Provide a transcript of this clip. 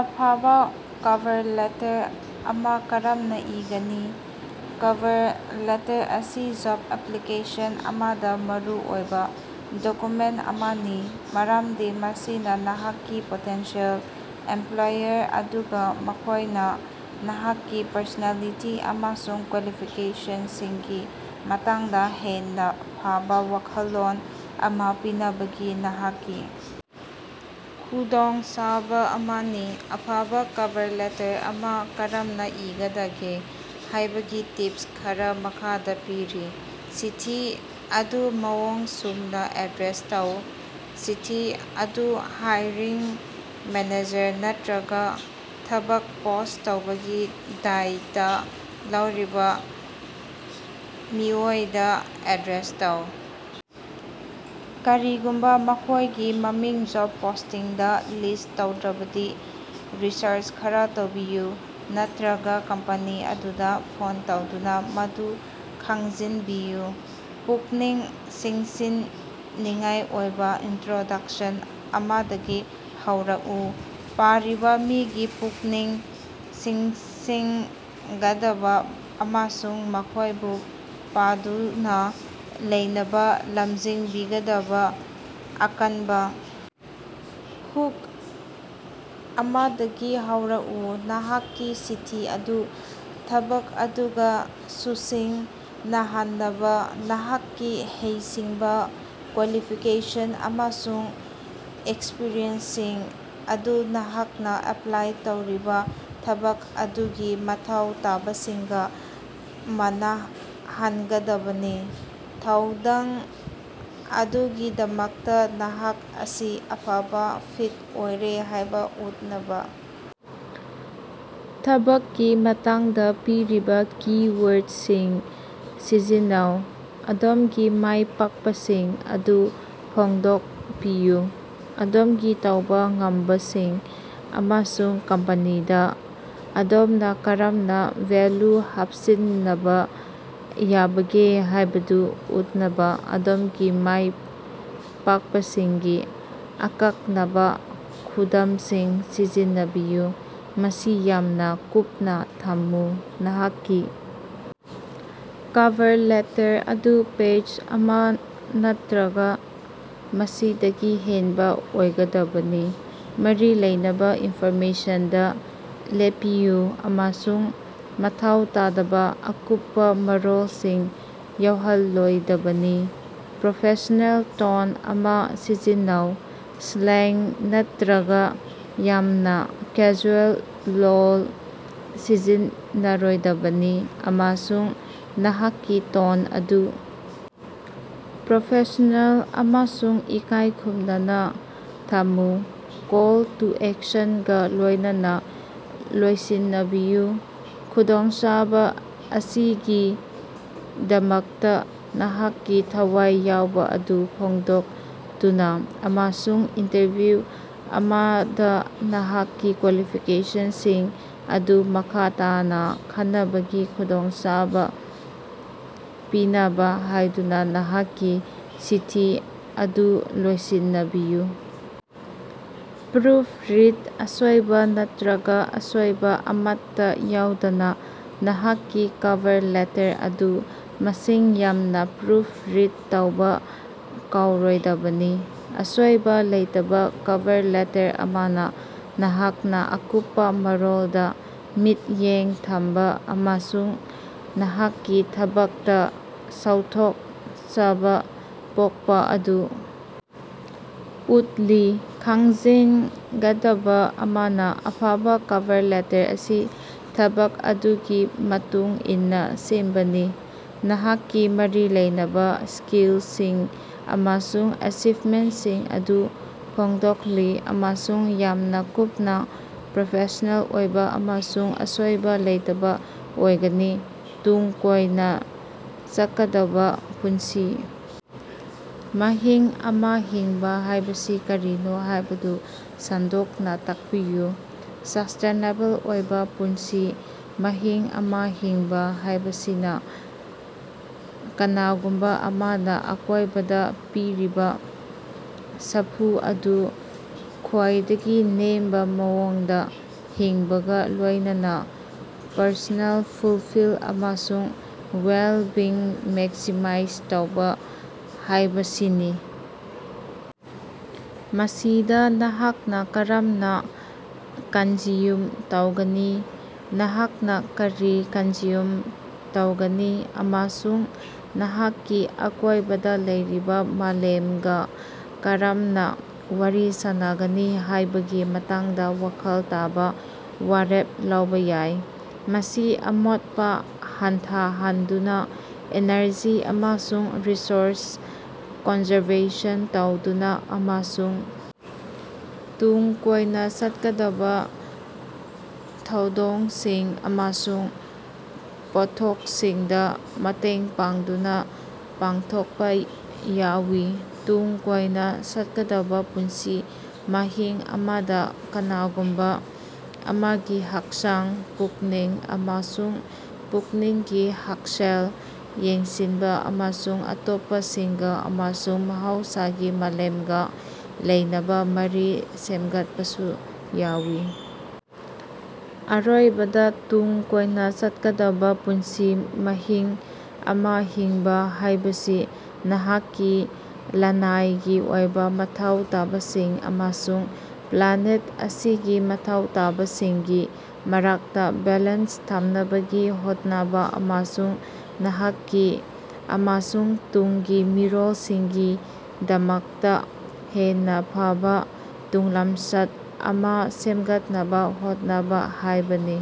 ꯑꯐꯕꯥ cover letter ꯑꯃꯥ ꯀꯔꯝꯅꯥ ꯏꯒꯅꯤ? ꯀꯚꯔ ꯂꯦꯇꯔ ꯑꯁꯤ ꯖꯣꯕ ꯑꯦꯞꯄ꯭ꯂꯤꯀꯦꯁꯟ ꯑꯃꯗꯥ ꯃꯔꯨꯑꯣꯏꯕꯥ ꯗꯣꯀ꯭ꯌꯨꯃꯦꯟ ꯑꯃꯅꯤ, ꯃꯔꯝꯗꯤ ꯃꯁꯤꯅꯥ ꯅꯍꯥꯛꯀꯤ ꯄꯣꯇꯦꯟꯁꯤꯑꯦꯜ ꯏꯝꯄ꯭ꯂꯣꯌꯔ ꯑꯗꯨꯒꯥ ꯃꯈꯣꯏꯗꯥ ꯅꯍꯥꯛꯀꯤ ꯄꯔꯁꯣꯅꯦꯂꯤꯇꯤ ꯑꯃꯁꯨꯡ ꯀ꯭ꯋꯥꯂꯤꯐꯤꯀꯦꯁꯟꯁꯤꯡꯒꯤ ꯃꯇꯥꯡꯗꯥ ꯍꯦꯟꯅꯥ ꯐꯕꯥ ꯋꯥꯈꯜꯂꯣꯟ ꯑꯃꯥ ꯄꯤꯅꯕꯒꯤ ꯅꯍꯥꯛꯀꯤ ꯈꯨꯗꯣꯡꯆꯥꯕꯥ ꯑꯃꯅꯤ꯫ ꯑꯐꯕꯥ ꯀꯚꯔ ꯂꯦꯇꯔ ꯑꯃꯥ ꯀꯔꯝꯅꯥ ꯏꯒꯗꯒꯦ ꯍꯥꯏꯕꯒꯤ ꯇꯤꯞꯁ ꯈꯔꯥ ꯃꯈꯥꯗꯥ ꯄꯤꯔꯤ: ꯆꯤꯊꯤ ꯑꯗꯨ ꯃꯑꯣꯡ ꯆꯨꯝꯅꯥ ꯑꯦꯗ꯭ꯔꯦꯁ ꯇꯧ: ꯆꯤꯊꯤ ꯑꯗꯨ ꯍꯥꯏꯔꯤꯡ ꯃꯦꯅꯦꯖꯔ ꯅꯠꯇ꯭ꯔꯒꯥ ꯊꯕꯛ ꯄꯣꯁ ꯇꯧꯕꯒꯤ ꯗꯥꯏꯇꯥ ꯂꯧꯔꯤꯕꯥ ꯃꯤꯑꯣꯏ ꯑꯗꯨꯗꯥ ꯑꯦꯗ꯭ꯔꯦꯁ ꯇꯧ꯫ ꯀꯔꯤꯒꯨꯝꯕꯥ ꯃꯈꯣꯏꯒꯤ ꯃꯃꯤꯡ ꯖꯣꯕ ꯄꯣꯁꯇꯤꯡꯗꯥ ꯂꯤꯁ ꯇꯧꯗ꯭ꯔꯕꯗꯤ, ꯔꯤꯁꯔꯆ ꯈꯔꯥ ꯇꯧꯕꯤꯌꯨ ꯅꯠꯇ꯭ꯔꯒ ꯀꯝꯄꯅꯤ ꯑꯗꯨꯗꯥ ꯐꯣꯟ ꯇꯧꯗꯨꯅꯥ ꯃꯗꯨ ꯈꯪꯖꯤꯟꯕꯤꯌꯨ꯫ ꯄꯨꯛꯅꯤꯡ ꯆꯤꯡꯁꯤꯟꯅꯤꯡꯉꯥꯏ ꯑꯣꯏꯕꯥ ꯏꯟꯇ꯭ꯔꯣꯗ꯭ꯌꯨꯁꯟ ꯑꯃꯗꯒꯤ ꯍꯧꯔꯛꯎ: ꯄꯥꯔꯤꯕꯥ ꯃꯤꯒꯤ ꯄꯨꯛꯅꯤꯡ ꯆꯤꯡꯁꯤꯟꯒꯗꯕꯥ ꯑꯃꯁꯨꯡ ꯃꯈꯣꯏꯕꯨ ꯄꯥꯗꯨꯅꯥ ꯂꯩꯅꯕꯥ ꯂꯝꯖꯤꯡꯕꯤꯒꯗꯕꯥ ꯑꯀꯟꯕꯥ ꯍꯨꯛ ꯑꯃꯗꯒꯤ ꯍꯧꯔꯛꯎ꯫ ꯅꯍꯥꯛꯀꯤ ꯆꯤꯊꯤ ꯑꯗꯨ ꯊꯕꯛ ꯑꯗꯨꯒꯥ ꯆꯨꯁꯤꯟꯅꯍꯅꯕꯥ: ꯅꯍꯥꯛꯀꯤ ꯍꯩꯁꯤꯡꯕꯥ, ꯀ꯭ꯋꯥꯂꯤꯐꯤꯀꯦꯁꯟ ꯑꯃꯁꯨꯡ ꯑꯦꯛꯁꯄ꯭ꯔꯤꯌꯦꯟꯁ ꯁꯤꯡ ꯑꯗꯨ ꯅꯍꯥꯛꯅꯥ ꯑꯦꯄ꯭ꯂꯥꯏ ꯇꯧꯔꯤꯕꯥ ꯊꯕꯛ ꯑꯗꯨꯒꯤ ꯃꯊꯧ ꯇꯥꯕꯁꯤꯡꯒꯥ ꯃꯥꯟꯅꯍꯟꯒꯗꯕꯅꯤ꯫ ꯊꯧꯗꯥꯡ ꯑꯗꯨꯒꯤꯗꯃꯛꯇꯥ ꯅꯍꯥꯛ ꯑꯁꯤ ꯑꯐꯕꯥ ꯐꯤꯠ ꯑꯣꯏꯔꯦ ꯍꯥꯏꯕꯥ ꯎꯠꯅꯕꯥ ꯊꯕꯛꯀꯤ ꯃꯇꯥꯡꯗꯥ ꯄꯤꯔꯤꯕꯥ ꯀꯤ-ꯋꯥꯔꯗꯁꯤꯡ ꯁꯤꯖꯤꯟꯅꯧ꯫ ꯑꯗꯣꯝꯒꯤ ꯃꯥꯏ ꯄꯥꯛꯄꯁꯤꯡ ꯑꯗꯨ ꯐꯣꯡꯗꯣꯛꯄꯤꯌꯨ: ꯑꯗꯣꯝꯒꯤ ꯇꯧꯕꯥ ꯉꯝꯕꯁꯤꯡ ꯑꯃꯁꯨꯡ ꯀꯝꯄꯅꯤꯗꯥ ꯑꯗꯣꯝꯅꯥ ꯀꯔꯝꯅꯥ ꯚꯦꯂ꯭ꯌꯨ ꯍꯥꯞꯆꯤꯟꯅꯕꯥ ꯌꯥꯕꯒꯦ ꯍꯥꯏꯕꯗꯨ ꯎꯠꯅꯕꯥ ꯑꯗꯣꯝꯒꯤ ꯃꯥꯏ ꯄꯥꯛꯄꯁꯤꯡꯒꯤ ꯑꯀꯛꯅꯕꯥ ꯈꯨꯗꯝꯁꯤꯡ ꯁꯤꯖꯤꯟꯅꯕꯤꯌꯨ꯫ ꯃꯁꯤ ꯌꯥꯝꯅꯥ ꯀꯨꯞꯅꯥ ꯊꯝꯃꯨ: ꯅꯍꯥꯛꯀꯤ ꯀꯚꯔ ꯂꯦꯇꯔ ꯑꯗꯨ ꯄꯦꯖ ꯑꯃꯥ ꯅꯠꯇ꯭ꯔꯒꯥ ꯃꯁꯤꯗꯒꯤ ꯍꯦꯟꯕꯥ ꯑꯣꯏꯒꯗꯕꯅꯤ꯫ ꯃꯔꯤ ꯂꯩꯅꯕꯥ ꯏꯟꯐꯣꯔꯃꯦꯁꯟꯗꯥ ꯂꯦꯞꯄꯤꯌꯨ ꯑꯃꯁꯨꯡ ꯃꯊꯧ ꯇꯥꯗꯕꯥ ꯑꯀꯨꯞꯄꯥ ꯃꯔꯣꯜꯁꯤꯡ ꯌꯥꯎꯍꯜꯂꯣꯏꯗꯕꯅꯤ꯫ ꯄ꯭ꯔꯣꯐꯦꯁꯅꯦꯜ ꯇꯣꯟ ꯑꯃꯥ ꯁꯤꯖꯤꯟꯅꯧ: ꯁ꯭ꯂꯦꯡ ꯅꯠꯇ꯭ꯔꯒꯥ ꯌꯥꯝꯅꯥ ꯀꯦꯖꯨꯑꯦꯜ ꯂꯣꯜ ꯁꯤꯖꯤꯟꯅꯔꯣꯏꯗꯕꯅꯤ, ꯑꯃꯁꯨꯡ ꯅꯍꯥꯛꯀꯤ ꯇꯣꯟ ꯑꯗꯨ ꯄ꯭ꯔꯣꯐꯦꯁꯅꯦꯜ ꯑꯃꯁꯨꯡ ꯏꯀꯥꯏ ꯈꯨꯝꯅꯅꯥ ꯊꯝꯃꯨ꯫ ꯀꯣꯜ ꯇꯨ ꯑꯦꯛꯁꯟꯒꯥ ꯂꯣꯏꯅꯅꯥ ꯂꯣꯏꯁꯤꯟꯕꯤꯌꯨ: ꯈꯨꯗꯣꯡꯆꯕ ꯑꯁꯤꯒꯤꯗꯃꯛꯇꯥ ꯅꯍꯥꯛꯀꯤ ꯊꯋꯥꯏ ꯌꯥꯎꯕꯥ ꯑꯗꯨ ꯐꯣꯡꯗꯣꯛꯇꯨꯅꯥ ꯑꯃꯁꯨꯡ ꯏꯟꯇꯔꯚ꯭ꯌꯨ ꯑꯃꯗꯥ ꯅꯍꯥꯛꯀꯤ ꯀ꯭ꯋꯥꯂꯤꯐꯤꯀꯦꯁꯟꯁꯤꯡ ꯑꯗꯨ ꯃꯈꯥ ꯇꯥꯅꯥ ꯈꯟꯅꯕꯒꯤ ꯈꯨꯗꯣꯡꯆꯕ ꯄꯤꯅꯕꯥ ꯍꯥꯏꯗꯨꯅꯥ ꯅꯍꯥꯛꯀꯤ ꯆꯤꯊꯤ ꯑꯗꯨ ꯂꯣꯏꯁꯤꯟꯅꯕꯤꯌꯨ꯫ ꯄ꯭ꯔꯨꯐ ꯔꯤꯗ: ꯑꯁꯣꯏꯕꯥ ꯅꯠꯇ꯭ꯔꯒꯥ ꯑꯁꯣꯏꯕꯥ ꯑꯃꯠꯇꯥ ꯌꯥꯎꯗꯅꯥ ꯅꯍꯥꯛꯀꯤ ꯀꯚꯔ ꯂꯦꯇꯔ ꯑꯗꯨ ꯃꯁꯤꯡ ꯌꯥꯝꯅ ꯄ꯭ꯔꯨꯐ ꯔꯤꯗ ꯇꯧꯕꯥ ꯀꯥꯎꯔꯣꯏꯗꯕꯅꯤ꯫ ꯑꯁꯣꯏꯕ ꯂꯩꯇꯕ ꯀꯚꯔ ꯂꯦꯇꯔ ꯑꯃꯅ ꯅꯍꯥꯛꯅ ꯑꯀꯨꯞꯄꯥ ꯃꯔꯣꯜꯗ ꯃꯤꯠꯌꯦꯡ ꯊꯝꯕꯥ ꯑꯃꯁꯨꯡ ꯅꯍꯥꯛꯀꯤ ꯊꯕꯛꯇꯥ ꯆꯥꯎꯊꯣꯛꯆꯕ ꯄꯣꯛꯄꯥ ꯑꯗꯨ ꯎꯠꯂꯤ꯫ ꯈꯪꯖꯤꯟꯒꯗꯕꯥ ꯑꯃꯅꯥ, ꯑꯐꯕꯥ ꯀꯚꯔ ꯂꯦꯇꯔ ꯑꯁꯤ ꯊꯕꯛ ꯑꯗꯨꯒꯤ ꯃꯇꯨꯡ ꯏꯟꯅꯥ ꯁꯦꯝꯕꯅꯤ, ꯅꯍꯥꯛꯀꯤ ꯃꯔꯤ ꯂꯩꯅꯕꯥ ꯁ꯭ꯀꯤꯜꯁꯤꯡ ꯑꯃꯁꯨꯡ ꯑꯦꯆꯤꯕꯃꯦꯟꯇꯁꯤꯡ ꯑꯗꯨ ꯐꯣꯡꯗꯣꯛꯂꯤ ꯑꯃꯁꯨꯡ ꯌꯥꯝꯅꯥ ꯀꯨꯞꯅ, ꯄ꯭ꯔꯣꯐꯦꯁꯅꯦꯜ ꯑꯣꯏꯕ ꯑꯃꯁꯨꯡ ꯑꯁꯣꯏꯕꯥ ꯂꯩꯇꯕꯥ ꯑꯣꯏꯒꯅꯤ꯫ ꯇꯨꯡ ꯀꯣꯏꯅꯥ ꯆꯠꯀꯗꯕꯥ ꯄꯨꯟꯁꯤ ꯃꯍꯤꯡ ꯑꯃꯥ ꯍꯤꯡꯕꯥ ꯍꯥꯏꯕꯁꯤ ꯀꯔꯤꯅꯣ ꯍꯥꯏꯕꯗꯨ ꯁꯟꯗꯣꯛꯅꯥ ꯇꯥꯛꯄꯤꯌꯨ꯫ ꯁꯁꯇꯦꯅꯦꯕꯜ ꯑꯣꯏꯕꯥ ꯄꯨꯟꯁꯤ ꯃꯍꯤꯡ ꯑꯃꯥ ꯍꯤꯡꯕꯥ ꯍꯥꯏꯕꯁꯤꯅꯥ ꯀꯅꯥꯒꯨꯝꯕꯥ ꯑꯃꯅꯥ ꯑꯀꯣꯏꯕꯗ ꯄꯤꯔꯤꯕꯥ ꯁꯥꯐꯨ ꯑꯗꯨ ꯈ꯭ꯋꯥꯏꯗꯒꯤ ꯅꯦꯝꯕꯥ ꯃꯑꯣꯡꯗꯥ ꯍꯤꯡꯕꯒꯥ ꯂꯣꯏꯅꯅꯥ ꯄꯔꯁꯣꯅꯦꯜ ꯐꯨꯜꯐꯤꯜ ꯑꯃꯁꯨꯡ ꯋꯦꯜꯕꯤꯡ ꯃꯦꯛꯁꯤꯃꯥꯏꯖ ꯇꯧꯕꯥ ꯍꯥꯏꯕꯁꯤꯅꯤ꯫ ꯃꯁꯤꯗꯥ ꯅꯍꯥꯛꯅꯥ ꯀꯔꯝꯅꯥ ꯀꯟꯖ꯭ꯌꯨꯝ ꯇꯧꯒꯅꯤ, ꯅꯍꯥꯛꯅꯥ ꯀꯔꯤ ꯀꯟꯖ꯭ꯌꯨꯝ ꯇꯧꯒꯅꯤ ꯑꯃꯁꯨꯡ ꯅꯍꯥꯛꯀꯤ ꯑꯀꯣꯏꯕꯗ ꯂꯩꯔꯤꯕꯥ ꯃꯥꯂꯦꯝꯒꯥ ꯀꯔꯝꯅꯥ ꯋꯥꯔꯤ ꯁꯥꯅꯒꯅꯤ ꯍꯥꯏꯕꯒꯤ ꯃꯇꯥꯡꯗ ꯋꯥꯈꯜ ꯇꯕꯥ ꯋꯥꯔꯦꯞ ꯂꯧꯕꯥ ꯌꯥꯏ꯫ ꯃꯁꯤ ꯑꯃꯣꯠꯄꯥ ꯍꯟꯊꯍꯟꯗꯨꯅꯥ, ꯏꯅꯔꯖꯤ ꯑꯃꯁꯨꯡ ꯔꯤꯁꯣꯔꯁ ꯀꯟꯖꯔꯕꯦꯁꯟ ꯇꯧꯗꯨꯅꯥ ꯑꯃꯁꯨꯡ ꯇꯨꯡ ꯀꯣꯏꯅꯥ ꯆꯠꯀꯗꯕꯥ ꯊꯧꯗꯡꯁꯤꯡ ꯑꯃꯁꯨꯡ ꯄꯣꯠꯊꯣꯛꯁꯤꯡꯗꯥ ꯃꯇꯦꯡ ꯄꯥꯡꯗꯨꯅꯥ ꯄꯥꯡꯊꯣꯛꯄꯥ ꯌꯥꯎꯏ꯫ ꯇꯨꯡ ꯀꯣꯏꯅꯥ ꯆꯠꯀꯗꯕꯥ ꯄꯨꯟꯁꯤ ꯃꯍꯤꯡ ꯑꯃꯗꯥ ꯀꯅꯥꯒꯨꯝꯕꯥ ꯑꯃꯒꯤ ꯍꯛꯆꯥꯡ, ꯄꯨꯛꯅꯤꯡ ꯑꯃꯁꯨꯡ ꯄꯨꯛꯅꯤꯡꯒꯤ ꯍꯛꯁꯦꯜ ꯌꯦꯡꯁꯤꯟꯕꯥ ꯑꯃꯁꯨꯡ ꯑꯇꯣꯞꯄꯁꯤꯡꯒꯥ ꯑꯃꯁꯨꯡ ꯃꯍꯧꯁꯥꯒꯤ ꯃꯥꯂꯦꯝꯒꯥ ꯂꯩꯅꯕꯥ ꯃꯔꯤ ꯁꯦꯝꯒꯠꯄꯁꯨ ꯌꯥꯎꯏ꯫ ꯑꯔꯣꯏꯕꯗꯥ, ꯇꯨꯡ ꯀꯣꯏꯅꯥ ꯆꯠꯀꯗꯕꯥ ꯄꯨꯟꯁꯤ ꯃꯍꯤꯡ ꯑꯃꯥ ꯍꯤꯡꯕꯥ ꯍꯥꯏꯕꯁꯤ ꯅꯍꯥꯛꯀꯤ ꯂꯅꯥꯏꯒꯤ ꯑꯣꯏꯕꯥ ꯃꯊꯧ ꯇꯥꯕꯁꯤꯡ ꯑꯃꯁꯨꯡ ꯄ꯭ꯂꯥꯅꯦꯠ ꯑꯁꯤꯒꯤ ꯃꯊꯧ ꯇꯥꯕꯁꯤꯡꯒꯤ ꯃꯔꯛꯇꯥ ꯕꯦꯂꯦꯟꯁ ꯊꯝꯅꯕꯥ ꯍꯣꯠꯅꯕꯥ, ꯑꯃꯁꯨꯡ ꯅꯍꯥꯛꯀꯤ ꯑꯃꯁꯨꯡ ꯇꯨꯡꯒꯤ ꯃꯤꯔꯣꯜ ꯁꯤꯡꯒꯤꯗꯃꯛꯇꯥ ꯍꯦꯟꯅꯥ ꯐꯕꯥ ꯇꯨꯡꯂꯝꯆꯠ ꯑꯃꯥ ꯁꯦꯃꯒꯠꯅꯕꯥ ꯍꯣꯠꯅꯕꯥ ꯍꯥꯏꯕꯅꯤ꯫